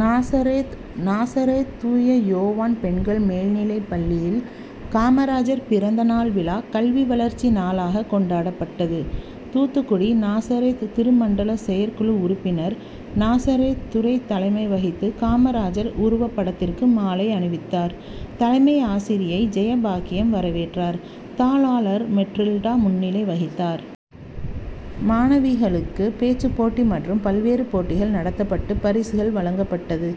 நாசரேத் நாசரேத் தூய யோவான் பெண்கள் மேல்நிலைப்பள்ளியில் காமராஜர் பிறந்தநாள் விழா கல்வி வளர்ச்சி நாளாகக் கொண்டாடப்பட்டது. தூத்துக்குடி-நாசரேத் திருமண்டல செயற்குழு உறுப்பினர் நாசரேத் துரை தலைமை வகித்து காமராஜர் உருவப்படத்திற்கு மாலை அணிவித்தார். தலைமை ஆசிரியை ஜெயபாக்கியம் வரவேற்றார். தாளாளர் மெற்றில்டா முன்னிலை வகித்தார். மாணவிகளுக்கு பேச்சுப்போட்டி மற்றும் பல்வேறு போட்டிகள் நடத்தப்பட்டு பரிசுகள் வழங்கப்பட்டது.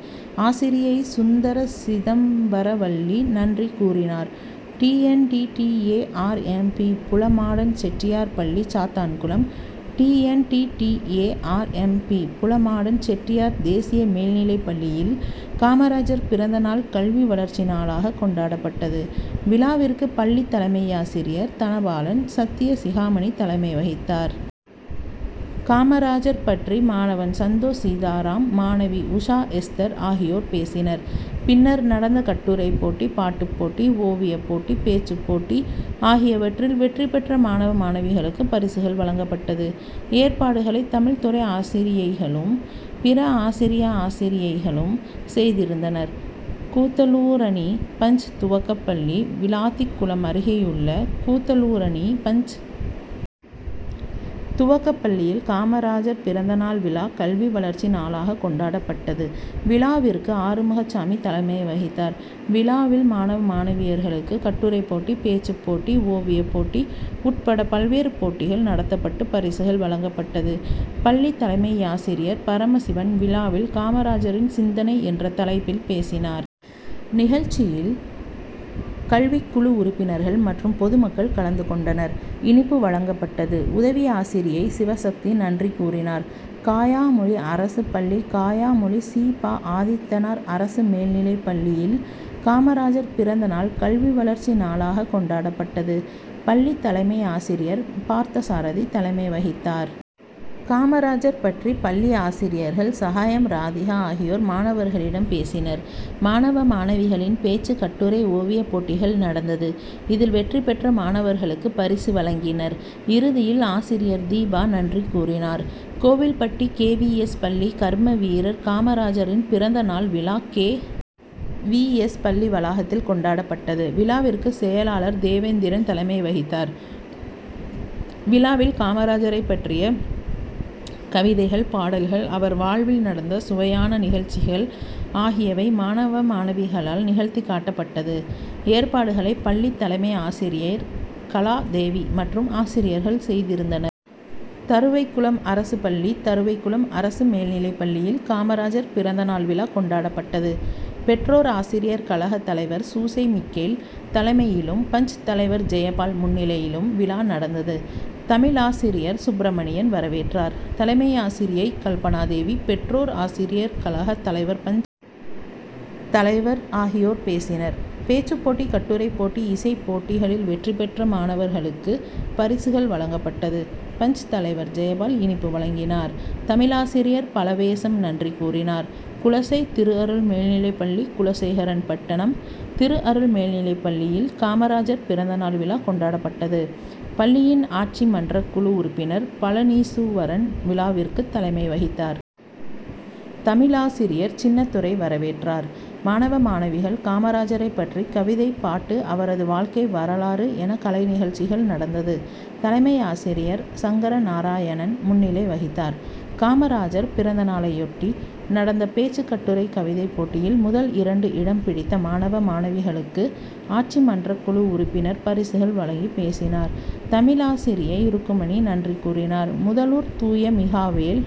ஆசிரியை சுந்தரசிதம்பரவள்ளி நன்றி கூறினார். டிஎன்டிடிஏ ஆர்எம்பி புலமாடன் செட்டியார் பள்ளி சாத்தான்குளம் டிஎன்டிடிஏ ஆர்எம்பி புலமாடன் செட்டியார் தேசிய மேல்நிலைப்பள்ளியில் காமராஜர் பிறந்தநாள் கல்வி வளர்ச்சி நாளாகக் கொண்டாடப்பட்டது. விழாவிற்கு பள்ளித் தலைமையாசிரியர் தனபாலன் சத்தியசிகாமணி தலைமை வகித்தார். காமராஜர் பற்றி மாணவன் சந்தோஷ் சீதாராம் மாணவி உஷா எஸ்தர் ஆகியோர் பேசினர். பின்னர் நடந்த கட்டுரைப்போட்டி பாட்டுப்போட்டி ஓவியப்போட்டி பேச்சுப்போட்டி ஆகியவற்றில் வெற்றி பெற்ற மாணவ மாணவிகளுக்கு பரிசுகள் வழங்கப்பட்டது. ஏற்பாடுகளை தமிழ்துறை ஆசிரியைகளும் பிற ஆசிரிய ஆசிரியைகளும் செய்திருந்தனர். கூத்தலூரணி பஞ். துவக்கப்பள்ளி விளாத்திகுளம் அருகேயுள்ள கூத்தலூரணி பஞ். துவக்கப்பள்ளியில் காமராஜர் பிறந்தநாள் விழா கல்வி வளர்ச்சி நாளாகக் கொண்டாடப்பட்டது. விழாவிற்கு ஆறுமுகச்சாமி தலைமை வகித்தார். விழாவில் மாணவ மாணவியர்களுக்கு கட்டுரைப்போட்டி பேச்சுப்போட்டி ஓவியப்போட்டி உட்பட பல்வேறு போட்டிகள் நடத்தப்பட்டு பரிசுகள் வழங்கப்பட்டது. பள்ளி தலைமையாசிரியர் பரமசிவன் விழாவில் காமராஜரின் சிந்தனை என்ற தலைப்பில் பேசினார். நிகழ்ச்சியில் கல்விக்குழு உறுப்பினர்கள் மற்றும் பொதுமக்கள் கலந்து கொண்டனர். இனிப்பு வழங்கப்பட்டது. உதவி ஆசிரியை சிவசக்தி நன்றி கூறினார். காயாமொழி அரசு பள்ளி காயாமொழி சி. பா. ஆதித்தனார் அரசு மேல்நிலைப்பள்ளியில் காமராஜர் பிறந்தநாள் கல்வி வளர்ச்சி நாளாகக் கொண்டாடப்பட்டது. பள்ளி தலைமை ஆசிரியர் பார்த்தசாரதி தலைமை வகித்தார். காமராஜர் பற்றி பள்ளி ஆசிரியர்கள் சகாயம் ராதிகா ஆகியோர் மாணவர்களிடம் பேசினர். மாணவ மாணவிகளின் பேச்சு கட்டுரை ஓவியப் போட்டிகள் நடந்தது. இதில் வெற்றி பெற்ற மாணவர்களுக்கு பரிசு வழங்கினர். இறுதியில் ஆசிரியர் தீபா நன்றி கூறினார். கோவில்பட்டி கேவிஎஸ். பள்ளி கர்மவீரர் காமராஜரின் பிறந்த நாள் விழா கே. வி. எஸ் பள்ளி வளாகத்தில் கொண்டாடப்பட்டது. விழாவிற்கு செயலாளர் தேவேந்திரன் தலைமை வகித்தார். விழாவில் காமராஜரைப் பற்றிய கவிதைகள் பாடல்கள் அவர் வாழ்வில் நடந்த சுவையான நிகழ்ச்சிகள் ஆகியவை மாணவ மாணவிகளால் நிகழ்த்திக் காட்டப்பட்டது. ஏற்பாடுகளை பள்ளித் தலைமை ஆசிரியை கலா தேவி மற்றும் ஆசிரியர்கள் செய்திருந்தனர். தருவைக்குளம் அரசு பள்ளி தருவைக்குளம் அரசு மேல்நிலைப்பள்ளியில் காமராஜர் பிறந்த நாள் விழா கொண்டாடப்பட்டது. பெற்றோர் ஆசிரியர் கழக தலைவர் சூசை மிக்கேல் தலைமையிலும் பஞ். தலைவர் ஜெயபால் முன்னிலையிலும் விழா நடந்தது. தமிழாசிரியர் சுப்பிரமணியன் வரவேற்றார். தலைமை ஆசிரியை கல்பனா தேவி பெற்றோர் ஆசிரியர் கழக தலைவர் பஞ். தலைவர் ஆகியோர் பேசினர். பேச்சுப் போட்டி கட்டுரைப் போட்டி இசைப் போட்டிகளில் வெற்றி பெற்ற மாணவர்களுக்கு பரிசுகள் வழங்கப்பட்டது. பஞ்.தலைவர் ஜெயபால் இனிப்பு வழங்கினார். தமிழாசிரியர் பலவேசம் நன்றி கூறினார். குலசை. திருஅருள் மேல்நிலைப்பள்ளி குலசேகரன்பட்டணம் திருஅருள் மேல்நிலைப்பள்ளியில் காமராஜர் பிறந்தநாள் விழா கொண்டாடப்பட்டது. பள்ளியின் ஆட்சி மன்றக்குழு உறுப்பினர் பழநீசுவரன் விழாவிற்கு தலைமை வகித்தார். தமிழாசிரியர் சின்னத்துரை வரவேற்றார். மாணவ மாணவிகள் காமராஜரைப்பற்றி கவிதை பாட்டு அவரது வாழ்க்கை வரலாறு என கலைநிகழ்ச்சிகள் நடந்தது. தலைமை ஆசிரியர் சங்கரநாராயணன் முன்னிலை வகித்தார். காமராஜர் பிறந்தநாளையொட்டி நடந்த பேச்சு கட்டுரை கவிதைப்போட்டியில் முதல் இரண்டு இடம் பிடித்த மாணவ மாணவிகளுக்கு ஆட்சிமன்றக்குழு உறுப்பினர் பரிசுகள் வழங்கி பேசினார். தமிழாசிரியை ருக்மணி நன்றி கூறினார். முதலூர் தூய மிகாவேல்